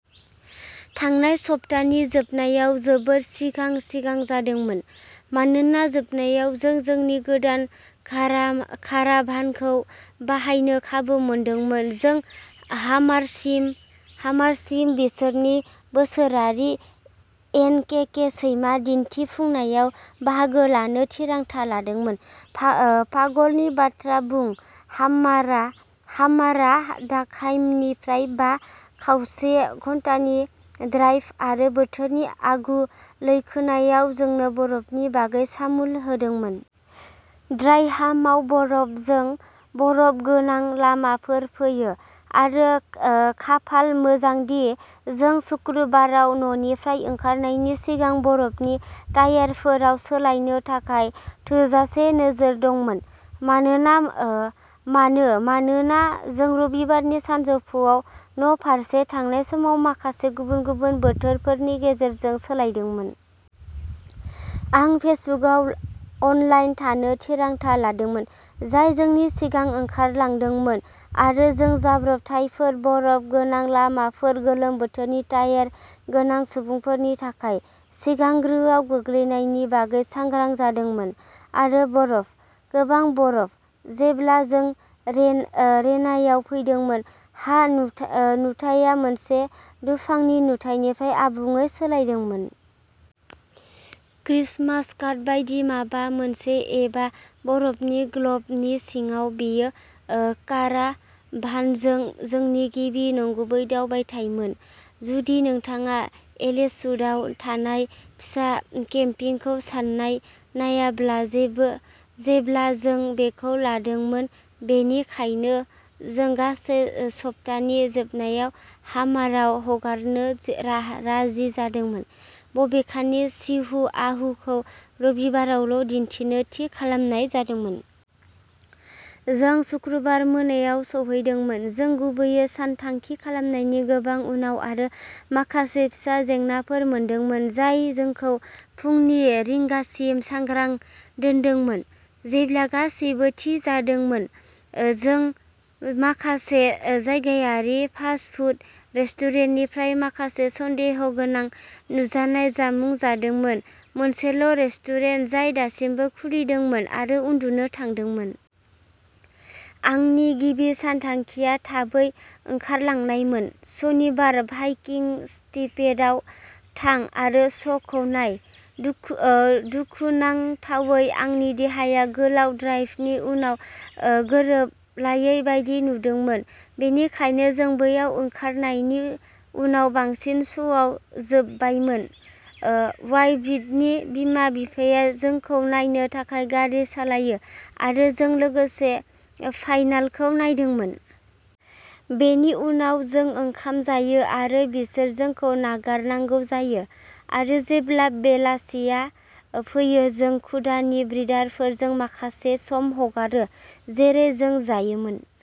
थांनाय सप्तानि जोबनायाव जोबोद जिंगा-जिंगा जादोंमोन। मानोना जोबनायाव जों जोंनि गोदान काराभानखौ बाहायनो खाबु मोनदोंमोन, जों हामारसिम बिसोरनि बोसोरारि एनकेके सैमा दिन्थिफुंनायाव बाहागो लानो थिरांथा लादोंमोन। पागलनि बाथ्रा बुं! हामारआ ट्रन्डहाइमनिफ्राय बा खावसे घन्टानि ड्राइभ, आरो बोथोरनि आगु लैखोननाया जोंनो बरफनि बागै सामोल होदोंमोन। ट्रन्डहाइमाव। बरफजों बरफ गोनां लामाफोर फैयो, आरो खाफाल मोजांदि जों सुक्रुबाराव न'निफ्राय ओंखारनायनि सिगां बरफनि टायारफोराव सोलायनो थाखाय थोजासे नोजोर दंमोन। मानो? मानोना जों रबिबारनि सानजौफुआव न'फारसे थांनाय समाव माखासे गुबुन-गुबुन बोथोरफोरनि गेजेरजों सालायदोंमोन। आं फेसबुकआव अनलाइन थानो थिरांथा लादोंमोन, जाय जोंनि सिगां ओंखारलांदोंमोन, आरो जों जाब्रबथायफोर, बरफ गोनां लामाफोर, गोलोम बोथोरनि टायार गोनां सुबुंफोरनि थाखाय सिगांग्रोआव गोग्लैनायनि बागै सांग्रां जादोंमोन, आरो बरफ। गोबां बरफ। जेब्ला जों रेन रेनायाव फैदोंमोन, हा-नुथाया मोनसे दुफांनि नुथाइनिफ्राय आबुङै सोलायदोंमोन। क्रिसमास कार्ड बायदि माबा मोनसे-एबा बरफनि ग्लबनि सिङाव! बेयो काराभानजों जोंनि गिबि नंगुबै दावबायथायमोन-जुदि नोंथाङा एलेसुन्डआव थानाय फिसा केम्पिंखौ सान्नाय नायाब्ला, जेब्ला जों बेखौ लादोंमोन-बेनिखायनो जों गासै सप्तानि जोबनायाव हामारआव हगारनो राजि जादोंमोन, बबेखानि चिहुआहुआखौ रबिबारावल'दिन्थिनो थि खालामनाय जादोंमोन। जों सुक्रुबार मोनायाव सौहैदोंमोन, जों गुबैयै सानथांखि खालामनायनि गोबां उनाव, आरो माखासे फिसा जेंनाफोर मोनदोंमोन जाय जोंखौ फुंनि रिंगासिम सांग्रां दोनदोंमोन। जेब्ला गासैबो थि जादोंमोन, जों माखासे जायगायारि फास्ट-फुड रेस्टुरेन्टनिफ्राय माखासे सन्देहगोनां नुजानाय जामुं जादोंमोन-मोनसेल'रेस्टुरेन्ट जाय दासिमबो खुलिदोंमोन, आरो उन्दुनो थांदोंमोन। आंनि गिबि सानथांखिआ थाबै ओंखारलांनायमोन। सनिबार, भाइकिंस्किपेटआव थां आरो श'खौ नाय। दुखुनांथावै आंनि देहाया गोलाव ड्राइभनि उनाव गोरोबलायै बायदि नुदोंमोन, बेनिखायनो जों बैयाव ओंखारखांनायनि उनाव बांसिन श'आ जोबबायमोन। अयविन्डनि बिमा-बिफाया जोंखौ नायनो थाखाय गारि सालायो, आरो जों लोगोसे फाइनालखौ नायदोंमोन। बेनि उनाव जों ओंखाम जायो आरो बिसोर जोंखौ नागारनांगौ जायो, आरो जेब्ला बेलासिया फैयो जों कुडा नि ब्रिडारफोरजों माखासे सम हगारो जेरै जों जायोमोन।